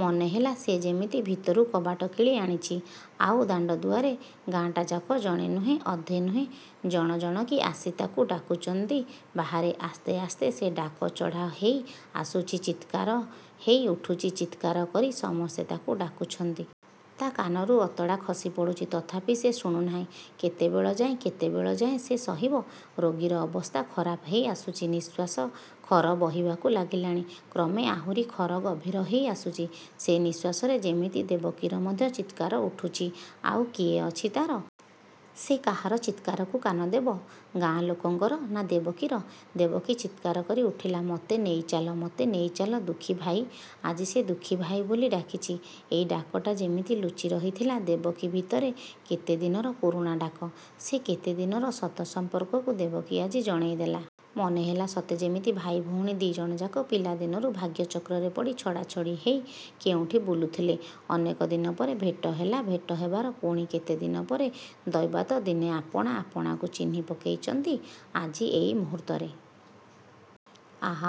ମନେ ହେଲା; ସେ ଯେମିତି ଭିତରୁ କବାଟ କିଳି ଆଣିଛି। ଆଉ ଦାଣ୍ଡଦୁଆରେ ଗାଁଟାଯାକ ଜଣେ ନୁହେଁ, ଅଧେ ନୁହେଁ ଜଣ ଜଣକି ଆସି ତାକୁ ଡାକୁଚନ୍ତି ବାହାରେ। ଆସ୍ତେ ଆସ୍ତେ ସେ ଡାକ ଚଢ଼ା ହେଇ ଆସୁଛି ଚିତ୍କାର ହେଇ ଉଠୁଛି ଚିତ୍କାର କରି ସମସ୍ତେ ତାକୁ ଡାକୁଛନ୍ତି-। ତା' କାନରୁ ଅତଡ଼ା ଖସି ପଡ଼ୁଛି ତଥାପି ସେ ଶୁଣୁ ନାହିଁ। କେତେବେଳ ଯାଏଁ କେତେବେଳ ଯାଏଁ ସେ ସହିବ? ରୋଗୀର ଅବସ୍ଥା ଖରାପ ହେଇ ଆସୁଛି। ନିଃଶ୍ୱାସ ଖର ବହିବାକୁ ଲାଗିଲାଣି। କ୍ରମେ ଆହୁରି ଖର ଗଭୀର ହେଇ ଆସୁଛି। ସେ ନିଃଶ୍ୱାସରେ ଯେମିତି ଦେବକୀର ମଧ୍ୟ ଚିତ୍କାର ଉଠୁଛି–ଆଉ କିଏ ଅଛି ତା'ର? ସେ କାହାର ଚିତ୍କାରକୁ କାନ ଦେବ? ଗାଁ ଲୋକଙ୍କର ନା ଦେବକୀର? ଦେବକୀ ଚିତ୍କାର କରି ଉଠିଲା ମୋତେ ନେଇ ଚାଲ ମୋତେ ନେଇ ଚାଲ ଦୁଃଖୀ ଭାଇ। ଆଜି ସେ 'ଦୁଃଖୀଭାଇ' ବୋଲି ଡାକିଛି। ଏଇ ଡାକଟା ଯେମିତି ଲୁଚି ରହିଥିଲା ଦେବକୀ ଭିତରେ କେତେ ଦିନର ପୁରୁଣା ଡାକ ସେ କେତେ ଦିନର ସତ ସମ୍ପର୍କକୁ ଦେବକୀ ଆଜି ଜଣେଇ ଦେଲା। ମନେ ହେଲା, ସତେ ଯେମିତି ଭାଇ ଭଉଣୀ ଦି'ଜଣଯାକ ପିଲା ଦିନରୁ ଭାଗ୍ୟଚକ୍ରରେ ପଡ଼ି ଛଡ଼ାଛଡ଼ି ହେଇ କେଉଁଠି ବୁଲୁଥିଲେ ଅନେକ ଦିନପରେ ଭେଟ ହେଲା ଭେଟ ହେବାର ପୁଣି କେତେ ଦିନପରେ ଦୈବାତ ଦିନେ ଆପଣା ଆପଣାକୁ ଚିହ୍ନି ପକେଇଚନ୍ତି ଆଜି ଏଇ ମୁହୂର୍ତ୍ତରେ। ''ଆଃ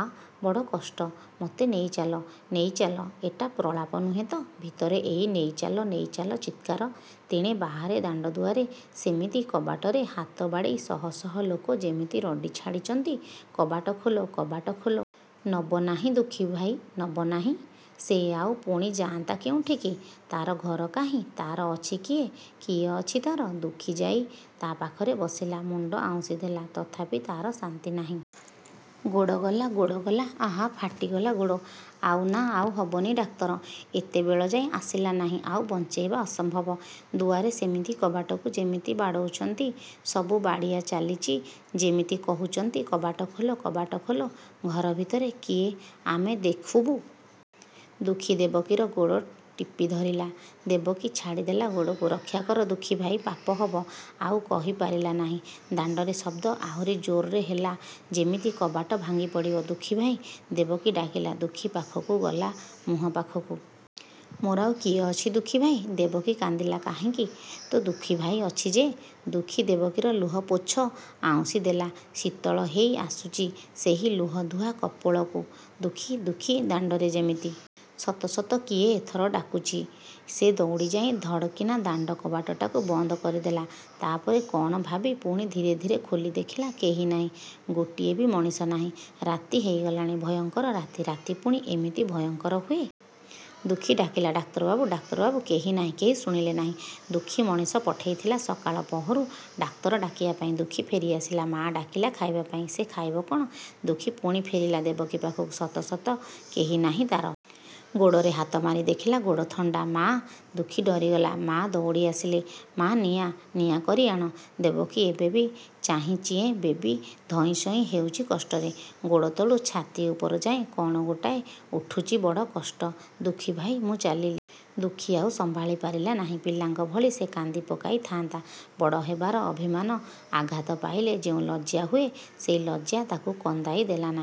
ବଡ଼ କଷ୍ଟ, ମୋତେ ନେଇ ଚାଲ। ନେଇ ଚାଲ! ଏଟା ପ୍ରଳାପ ନୁହେଁ ତ? ଭିତରେ ଏଇ 'ନେଇଚାଲ, ନେଇଚାଲ' ଚିତ୍କାର। ତେଣେ ବାହାରେ ଦାଣ୍ଡଦୁଆରେ ସେମିତି କବାଟରେ ହାତ ବାଡ଼େଇ ଶହ ଶହ ଲୋକ ଯେମିତି ରଡ଼ି ଛାଡ଼ିଛନ୍ତି ''କବାଟ ଖୋଲ କବାଟ ଖୋଲ। '' ''ନବ ନାହିଁ ଦୁଃଖୀଭାଇ, ନବ ନାହିଁ? '' ସେ ଆଉ ପୁଣି ଯାଆନ୍ତା କେଉଁଠିକି? ତା'ର ଘର କାହିଁ? ତା'ର ଅଛି କିଏ କିଏ ଅଛି ତା'ର? ଦୁଃଖୀ ଯାଇ ତା' ପାଖରେ ବସିଲା। ମୁଣ୍ଡ ଆଉଁଶି ଦେଲା। ତଥାପି ତା'ର ଶାନ୍ତି ନାହିଁ-। ''ଗୋଡ଼ ଗଲା ଗୋଡ଼ ଗଲା ଆଃ ଫାଟି ଗଲା ଗୋଡ଼। '' ଆଉ ନା ଆଉ ହବନି ଡାକ୍ତର ଏତେ ବେଳଯାଏଁ ଆସିଲା ନାହିଁ ଆଉ ବଞ୍ଚେଇବା ଅସମ୍ଭବ। ଦୁଆରେ ସେମିତି କବାଟକୁ ଯେମିତି ବାଡ଼ଉଚନ୍ତି ସବୁ ବାଡ଼ିଆ ଚାଲିଚି ଯେମିତି କହୁଚନ୍ତି କବାଟ ଖୋଲ, କବାଟ ଖୋଲ, ଘର ଭିତରେ କିଏ ଆମେ ଦେଖୁବୁ। ଦୁଃଖୀ ଦେବକୀର ଗୋଡ଼ ଟିପି ଧରିଲା। ଦେବକୀ ଛାଟିଦେଲା ଗୋଡ଼କୁ। ''ରକ୍ଷାକର ଦୁଃଖୀ ଭାଇ ପାପ ହବ। '' ଆଉ କହି ପାରିଲା ନାହିଁ। ଦାଣ୍ଡରେ ଶବ୍ଦ ଆହୁରି ଜୋର୍ରେ ହେଲା ଯେମିତି କବାଟ ଭାଙ୍ଗି ପଡ଼ିବ। ''ଦୁଃଖୀ ଭାଇ! '' ଦେବକୀ ଡାକିଲା। ଦୁଃଖୀ ପାଖକୁ ଗଲା ମୁହଁ ପାଖକୁ। ''ମୋର ଆଉ କିଏ ଅଛି ଦୁଃଖୀ ଭାଇ? '' ଦେବକୀ କାନ୍ଦିଲା। ''କାହିଁକି? ତୋ ଦୁଃଖୀ ଭାଇ ଅଛି ଯେ। '' ଦୁଃଖୀ ଦେବକୀର ଲୁହ ପୋଛ ଆଉଁଶି ଦେଲା, ଶୀତଳ ହେଇ ଆସୁଚି ସେହି ଲୁହଧୁଆ କପୋଳକୁ। 'ଦୁଃଖୀ! ଦୁଃଖୀ! ' ଦାଣ୍ଡରେ ଯେମିତି। ସତ ସତ କିଏ ଏଥର ଡାକୁଛି। ସେ ଦୌଡ଼ି ଯାଇ ଧଡ଼କିନା ଦାଣ୍ଡ କବାଟଟାକୁ ବନ୍ଦ କରିଦେଲା। ତା'ପରେ କ'ଣ ଭାବି ପୁଣି ଧୀରେ ଧୀରେ ଖୋଲି ଦେଖିଲା କେହି ନାହିଁ ଗୋଟିଏବି ମଣିଷ ନାହିଁ। ରାତି ହେଇ ଗଲାଣି। ଭୟଙ୍କର ରାତି। ରାତି ପୁଣି ଏମିତି ଭୟଙ୍କର ହୁଏ। ଦୁଃଖୀ ଡାକିଲା ''ଡାକ୍ତରବାବୁ ଡାକ୍ତରବାବୁ। '' କେହି ନାହିଁ କେହି ଶୁଣିଲେ ନାହିଁ। ଦୁଃଖୀ ମଣିଷ ପଠେଇଥିଲା ସକାଳ ପହରୁ ଡାକ୍ତର ଡାକିବାପାଇଁ। ଦୁଃଖୀ ଫେରି ଆସିଲା। ମା ଡାକିଲା ଖାଇବାପାଇଁ। ସେ ଖାଇବ କ'ଣ? ଦୁଃଖୀ ପୁଣି ଫେରିଲା। ଦେବକୀ ପାଖକୁ। ସତ ସତ କେହି ନାହିଁ ତା'ର। ଗୋଡ଼ରେ ହାତ ମାରି ଦେଖିଲା, ଗୋଡ଼ ଥଣ୍ଡା। ''ମା! '' ଦୁଃଖୀ ଡରିଗଲା। ମା ଦଉଡ଼ି ଆସିଲେ। ''ମା ନିଆଁ! ନିଆଁ କରି ଆଣ। '' ଦେବକୀ ଏବେବି ଚାହିଁଚିଏବେବି ଧଇଁସଇଁ ହେଉଚି କଷ୍ଟରେ। ଗୋଡ଼ତଳୁ ଛାତି ଉପରଯାଏଁ କ'ଣ ଗୋଟାଏ ଉଠୁଚି–ବଡ଼ କଷ୍ଟ। ''ଦୁଃଖୀ ଭାଇ, ମୁଁ ଚାଲିଲି। '' ଦୁଃଖୀ ଆଉ ସମ୍ଭାଳି ପାରିଲା ନାହିଁ। ପିଲାଙ୍କ ଭଳି ସେ କାନ୍ଦି ପକାଇ ଥାନ୍ତା। ବଡ଼ ହେବାର ଅଭିମାନ ଆଘାତ ପାଇଲେ ଯେଉଁ ଲଜ୍ଜା ହୁଏ, ସେଇ ଲଜ୍ଜା ତାକୁ କନ୍ଦାଇ ଦେଲା ନାହିଁ।